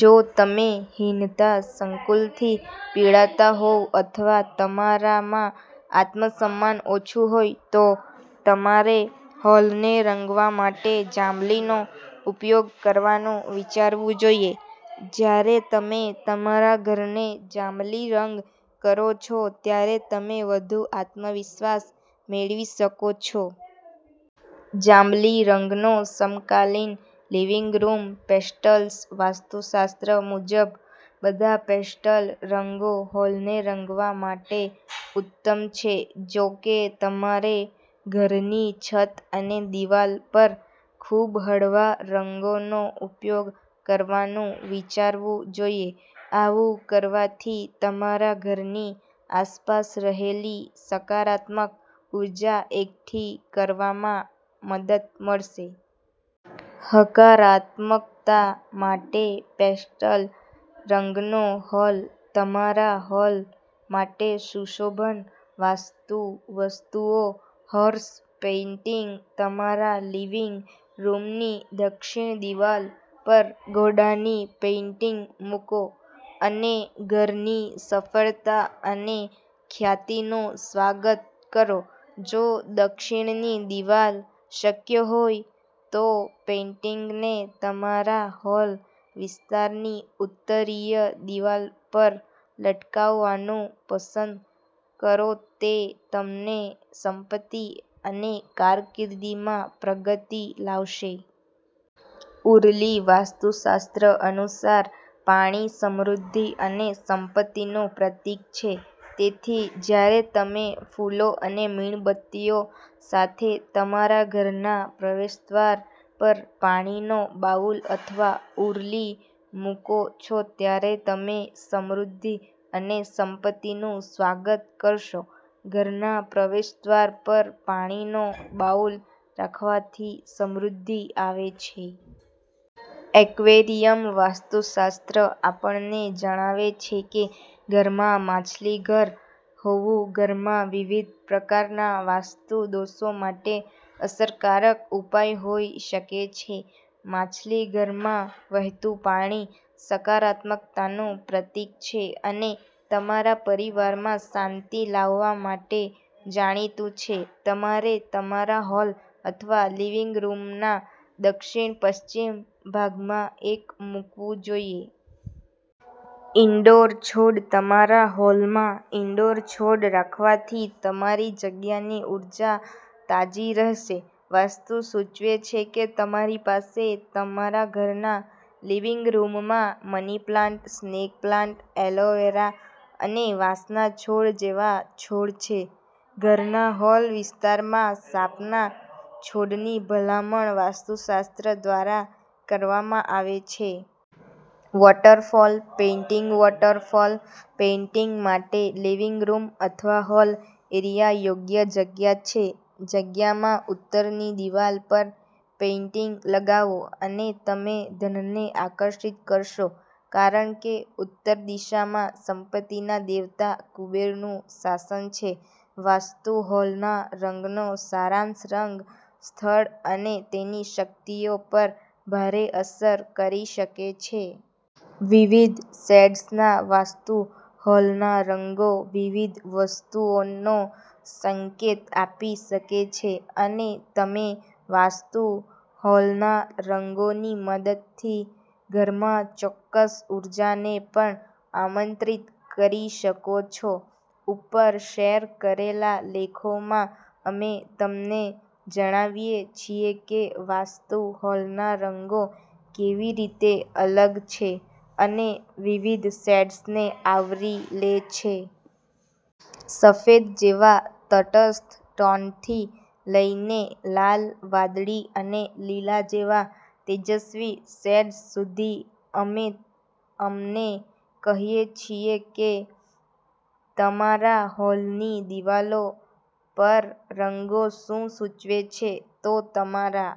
જો તમે હીનતા સંકુલથી પીડાતા હોવ અથવા તમારામાં આત્મસન્માન ઓછું હોય, તો તમારે હોલને રંગવા માટે જાંબલીનો ઉપયોગ કરવાનું વિચારવું જોઈએ. જ્યારે તમે તમારા ઘરને જાંબલી રંગ કરો છો ત્યારે તમે વધુ આત્મવિશ્વાસ મેળવી શકો છો. જાંબલી રંગનો સમકાલીન લિવિંગ રૂમ પેસ્ટલ્સ વાસ્તુશાસ્ત્ર મુજબ, બધા પેસ્ટલ રંગો હોલને રંગવા માટે ઉત્તમ છે. જો કે, તમારે ઘરની છત અને દિવાલ પર ખૂબહળવા રંગોનો ઉપયોગ કરવાનું વિચારવું જોઈએ. આવું કરવાથી તમારા ઘરની આસપાસ રહેલી સકારાત્મક ઉર્જા એકઠી કરવામાં મદદ મળશે. હકારાત્મકતા માટે પેસ્ટલ રંગનો હોલ તમારા હોલ માટે સુશોભન વાસ્તુ વસ્તુઓ હોર્સ પેઇન્ટિંગતમારા લિવિંગ રૂમની દક્ષિણ દિવાલ પર ઘોડાની પેઇન્ટિંગ મૂકો અને ઘરની સફળતા અને ખ્યાતિનું સ્વાગત કરો. જો દક્ષિણની દિવાલ શક્યહોય, તોપેઇન્ટિંગને તમારા હોલ વિસ્તારની ઉત્તરીય દિવાલ પર લટકાવવાનું પસંદ કરોતે તમને સંપત્તિ અને કારકિર્દીમાં પ્રગતિ લાવશે. ઉરલીવાસ્તુશાસ્ત્ર અનુસાર, પાણી સમૃદ્ધિ અને સંપત્તિનું પ્રતીક છે. તેથી, જ્યારે તમે ફૂલો અને મીણબત્તીઓ સાથે તમારા ઘરના પ્રવેશદ્વાર પર પાણીનો બાઉલ અથવા ઉર્લી મૂકો છો ત્યારે તમે સમૃદ્ધિ અને સંપત્તિનું સ્વાગત કરશો. ઘરના પ્રવેશદ્વાર પર પાણીનો બાઉલ રાખવાથી સમૃદ્ધિ આવે છે. એક્વેરિયમવાસ્તુશાસ્ત્ર આપણને જણાવે છે કે ઘરમાં માછલીઘર હોવુંઘરમાં વિવિધ પ્રકારના વાસ્તુ દોષો માટે અસરકારક ઉપાય હોઈ શકે છે. માછલીઘરમાં વહેતું પાણી સકારાત્મકતાનું પ્રતીક છે અને તમારા પરિવાર માં શાંતિ લાવવા માટે જાણીતું છે. તમારે તમારા હોલ અથવા લિવિંગ રૂમના દક્ષિણ-પશ્ચિમ ભાગમાં એક મૂકવું જોઈએ. ઇન્ડોર છોડતમારા હોલમાં ઇન્ડોર છોડ રાખવાથી તમારી જગ્યાની ઉર્જા તાજી રહેશે. વાસ્તુ સૂચવે છે કે તમારી પાસે તમારા ઘરના લિવિંગ રૂમમાં money plant, snake plant, aloe vera અને વાંસના છોડ જેવા છોડ છે. ઘરના હોલ વિસ્તારમાં સાપના છોડની ભલામણ વાસ્તુશાસ્ત્ર દ્વારા કરવામાં આવે છે. વોટરફોલ પેઇન્ટિંગવોટરફોલ પેઇન્ટિંગ માટે લિવિંગ રૂમ અથવા હોલ એરિયા યોગ્ય જગ્યા છે. જગ્યામાં ઉત્તરની દીવાલ પર પેઇન્ટિંગ લગાવો અને તમે ધનને આકર્ષિત કરશો કારણ કે ઉત્તર દિશામાં સંપત્તિના દેવતા કુબેરનું શાસન છે. વાસ્તુ હોલના રંગનો સારાંશ રંગ સ્થળ અને તેની શક્તિઓ પર ભારે અસર કરી શકે છે. વિવિધ શેડ્સના વાસ્તુ હોલના રંગો વિવિધ વસ્તુઓનો સંકેત આપી શકે છે અને તમે વાસ્તુ હોલના રંગોની મદદથી ઘરમાં ચોક્કસ ઊર્જાને પણ આમંત્રિત કરી શકો છો. ઉપર શેર કરેલા લેખોમાં, અમે તમને જણાવીએ છીએ કે વાસ્તુ હોલના રંગો કેવી રીતે અલગ છે અને વિવિધ શેડ્સને આવરી લે છે. સફેદ જેવા તટસ્થ ટોનથી લઈને લાલ, વાદળી અને લીલા જેવા તેજસ્વી શેડ્સ સુધી, અમે અમને કહીએ છીએ કે તમારા હોલની દિવાલો પરરંગો શું સૂચવે છે. તો તમારા